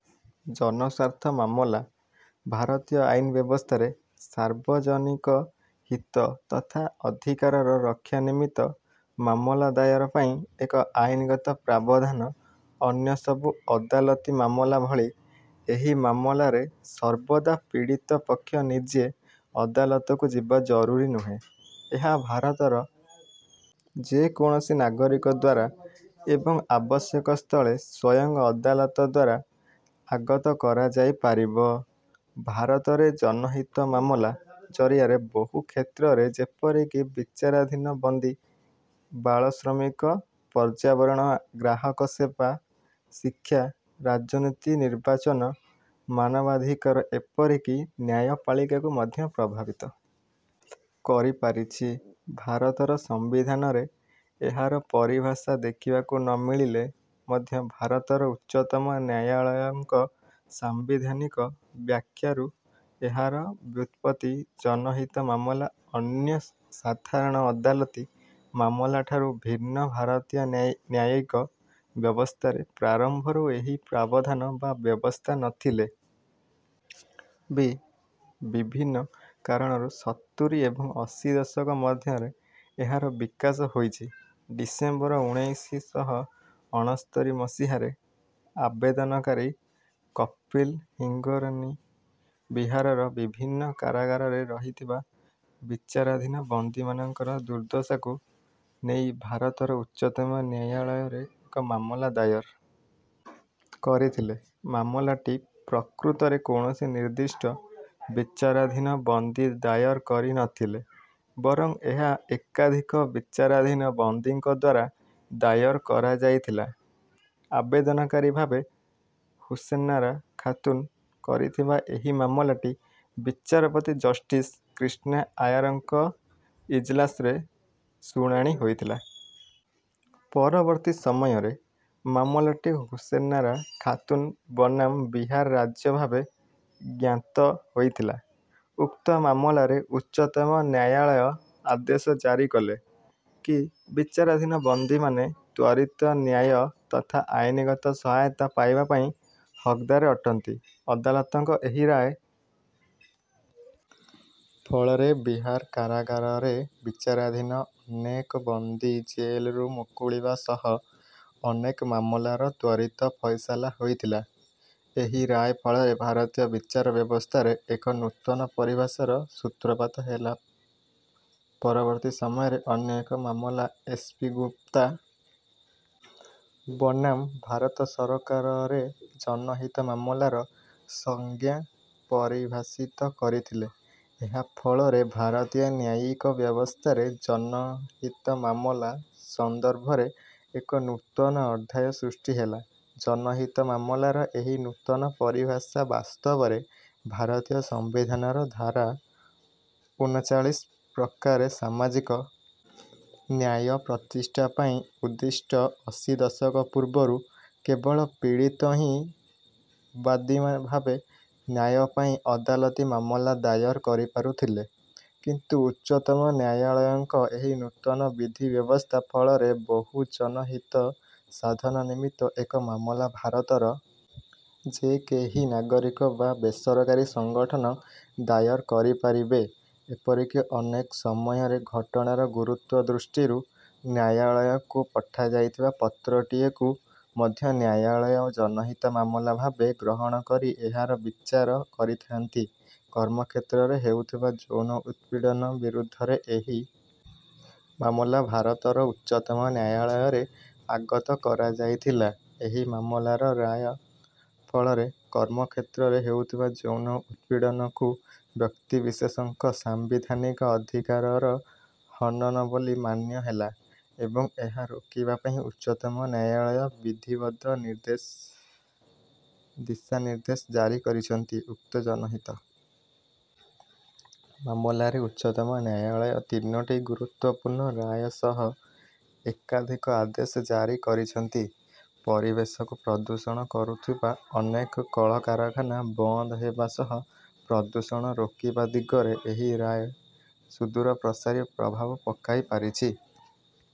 ଜନସ୍ୱାର୍ଥ ମାମଲା ଭାରତୀୟ ଆଇନ ବ୍ୟବସ୍ଥାରେ ସାର୍ବଜନିକ ହିତ ତଥା ଅଧିକାରର ରକ୍ଷା ନିମିତ୍ତ ମାମଲା ଦାୟର ପାଇଁ ଏକ ଆଇନଗତ ପ୍ରାବଧାନ ଅନ୍ୟସବୁ ଅଦାଲତି ମାମଲା ଭଳି ଏହି ମାମଲାରେ ସର୍ବଦା ପୀଡ଼ିତ ପକ୍ଷ ନିଜେ ଅଦାଲତକୁ ଯିବା ଜରୁରୀ ନୁହେଁ ଏହା ଭାରତର ଯେ କୌଣସି ନାଗରିକ ଦ୍ୱାରା ଏବଂ ଆବଶ୍ୟକ ସ୍ଥଳେ ସ୍ୱୟଂ ଅଦାଲତ ଦ୍ୱାରା ଆଗତ କରାଯାଇପାରିବ ଭାରତରେ ଜନହିତ ମାମଲା ଜରିଆରେ ବହୁ କ୍ଷେତ୍ରରେ ଯେପରିକି ବିଚାରାଧୀନ ବନ୍ଦୀ ବାଳଶ୍ରମିକ ପର୍ଯ୍ୟାବରଣ ଗ୍ରାହକ ସେବା ଶିକ୍ଷା ରାଜନୀତି ନିର୍ବାଚନ ମାନବାଧିକାର ଏପରିକି ନ୍ୟାୟପାଳିକାକୁ ମଧ୍ୟ ପ୍ରଭାବିତ କରିପାରିଛି ଭାରତର ସମ୍ବିଧାନରେ ଏହାର ପରିଭାଷା ଦେଖିବାକୁ ନ ମିଳିଲେ ମଧ୍ୟ ଭାରତର ଉଚ୍ଚତମ ନ୍ୟାୟାଳୟଙ୍କ ସାମ୍ବିଧାନିକ ବ୍ୟାଖ୍ୟାରୁ ଏହାର ବ୍ୟୁତ୍ପତ୍ତି ଜନହିତ ମାମଲା ଅନ୍ୟ ସାଧାରଣ ଅଦାଲତି ମାମଲାଠାରୁ ଭିନ୍ନ ଭାରତୀୟ ନ୍ୟାୟିକ ବ୍ୟବସ୍ଥାରେ ପ୍ରାରମ୍ଭରୁ ଏହି ପ୍ରାବଧାନ ବା ବ୍ୟବସ୍ଥା ନ ଥିଲେ ବି ବିଭିନ୍ନ କାରଣରୁ ସତୁରୀ ଏବଂ ଅଶୀ ଦଶକ ମଧ୍ୟରେ ଏହାର ବିକାଶ ହୋଇଛି ଡିସେମ୍ବର ଉଣେଇଶ ଶହ ଅଣସ୍ତରି ମସିହାରେ ଆବେଦନକାରୀ କପିଲ ହିଙ୍ଗୋରାନୀ ବିହାରର ବିଭିନ୍ନ କାରାଗାରରେ ରହିଥିବା ବିଚାରାଧୀନ ବନ୍ଦୀମାନଙ୍କର ଦୁର୍ଦ୍ଦଶାକୁ ନେଇ ଭାରତର ଉଚ୍ଚତମ ନ୍ୟାୟାଳୟରେ ଏକ ମାମଲା ଦାୟର କରିଥିଲେ ମାମଲାଟି ପ୍ରକୃତରେ କୌଣସି ନିର୍ଦ୍ଦିଷ୍ଟ ବିଚାରାଧୀନ ବନ୍ଦୀ ଦାୟର କରି ନ ଥିଲେ ବରଂ ଏହା ଏକାଧିକ ବିଚାରାଧୀନ ବନ୍ଦୀଙ୍କ ଦ୍ୱାରା ଦାୟର କରାଯାଇଥିଲା ଆବେଦନକାରୀ ଭାବେ ହୁସେନ୍ନାରା ଖାତୁନ କରିଥିବା ଏହି ମାମଲାଟି ବିଚାରପତି ଜଷ୍ଟିସ କ୍ରିଷ୍ଣା ଆୟାରଙ୍କ ଇଜଲାସରେ ଶୁଣାଣି ହୋଇଥିଲା ପରବର୍ତ୍ତୀ ସମୟରେ ମାମଲାଟି ହୁସେନ୍ନାରା ଖାତୁନ ବନାମ ବିହାର ରାଜ୍ୟ ଭାବେ ଜ୍ଞାତ ହୋଇଥିଲା ଉକ୍ତ ମାମଲାରେ ଉଚ୍ଚତମ ନ୍ୟାୟାଳୟ ଆଦେଶ ଜାରି କଲେ କି ବିଚାରାଧୀନ ବନ୍ଦୀମାନେ ତ୍ୱରିତ ନ୍ୟାୟ ତଥା ଆଇନଗତ ସହାୟତା ପାଇବା ପାଇଁ ହକଦାର ଅଟନ୍ତି ଅଦାଲତଙ୍କ ଏହି ରାୟ ଫଳରେ ବିହାର କାରାଗାରରେ ବିଚାରାଧୀନ ଅନେକ ବନ୍ଦୀ ଜେଲରୁ ମୁକୁଳିବା ସହ ଅନେକ ମାମଲାର ତ୍ୱରିତ ଫୈସଲା ହୋଇଥିଲା ଏହି ରାୟ ଫଳରେ ଭାରତୀୟ ବିଚାର ବ୍ୟବସ୍ଥାରେ ଏକ ନୂତନ ପରିଭାଷାର ସୂତ୍ରପାତ ହେଲା ପରବର୍ତ୍ତୀ ସମୟରେ ଅନ୍ୟ ଏକ ମାମଲା ଏସ୍ ପି ଗୁପ୍ତା ବନାମ ଭାରତ ସରକାରରେ ଜନହିତ ମାମଲାର ସଂଜ୍ଞା ପରିଭାଷିତ କରିଥିଲେ ଏହା ଫଳରେ ଭାରତୀୟ ନ୍ୟାୟିକ ବ୍ୟବସ୍ଥାରେ ଜନହିତ ମାମଲା ସନ୍ଦର୍ଭରେ ଏକ ନୂତନ ଅଧ୍ୟାୟ ସୃଷ୍ଟି ହେଲା ଜନହିତ ମାମଲାର ଏହି ନୂତନ ପରିଭାଷା ବାସ୍ତବରେ ଭାରତୀୟ ସମ୍ବିଧାନର ଧାରା ଉନଚାଳିଶ ପ୍ରକାରେ ସାମାଜିକ ନ୍ୟାୟ ପ୍ରତିଷ୍ଠା ପାଇଁ ଉଦ୍ଦିଷ୍ଟ ଅଶୀ ଦଶକ ପୂର୍ବରୁ କେବଳ ପୀଡ଼ିତ ହିଁ ବାଦୀ ଭାବେ ନ୍ୟାୟ ପାଇଁ ଅଦାଲତି ମାମଲା ଦାୟର କରିପାରୁଥିଲେ କିନ୍ତୁ ଉଚ୍ଚତମ ନ୍ୟାୟାଳୟଙ୍କ ଏହି ନୂତନ ବିଧି ବ୍ୟବସ୍ଥା ଫଳରେ ବହୁଜନ ହିତ ସାଧନ ନିମିତ୍ତ ଏକ ମାମଲା ଭାରତର ଯେ କେହି ନାଗରିକ ବା ବେସରକାରୀ ସଂଗଠନ ଦାୟର କରିପାରିବେ ଏପରିକି ଅନେକ ସମୟରେ ଘଟଣାର ଗୁରୁତ୍ୱ ଦୃଷ୍ଟିରୁ ନ୍ୟାୟାଳୟକୁ ପଠାଯାଇଥିବା ପତ୍ରଟିଏକୁ ମଧ୍ୟ ନ୍ୟାୟାଳୟ ଜନହିତ ମାମଲା ଭାବେ ଗ୍ରହଣ କରି ଏହାର ବିଚାର କରିଥାଆନ୍ତି କର୍ମକ୍ଷେତ୍ରରେ ହେଉଥିବା ଯୌନ ଉତ୍ପୀଡ଼ନ ବିରୁଦ୍ଧରେ ଏହି ମାମଲା ଭାରତର ଉଚ୍ଚତମ ନ୍ୟାୟାଳୟରେ ଆଗତ କରାଯାଇଥିଲା ଏହି ମାମଲାର ରାୟ ଫଳରେ କର୍ମକ୍ଷେତ୍ରରେ ହେଉଥିବା ଯୌନ ଉତ୍ପୀଡ଼ନକୁ ବ୍ୟକ୍ତିବିଶେଷଙ୍କ ସାମ୍ବିଧାନିକ ଅଧିକାରର ହନନ ବୋଲି ମାନ୍ୟ ହେଲା ଏବଂ ଏହା ରୋକିବା ପାଇଁ ଉଚ୍ଚତମ ନ୍ୟାୟାଳୟ ବିଧିବଦ୍ଧ ଦିଶାନିର୍ଦ୍ଦେଶ ଜାରି କରିଛନ୍ତି ଉକ୍ତ ଜନହିତ ମାମଲାରେ ଉଚ୍ଚତମ ନ୍ୟାୟାଳୟ ତିନୋଟି ଗୁରୁତ୍ୱପୂର୍ଣ୍ଣ ରାୟ ସହ ଏକାଧିକ ଆଦେଶ ଜାରି କରିଛନ୍ତି ପରିବେଶକୁ ପ୍ରଦୂଷଣ କରୁଥିବା ଅନେକ କଳକାରଖାନା ବନ୍ଦ ହେବା ସହ ପ୍ରଦୂଷଣ ରୋକିବା ଦିଗରେ ଏହି ରାୟ ସୁଦୂରପ୍ରସାରୀ ପ୍ରଭାବ ପକାଇପାରିଛି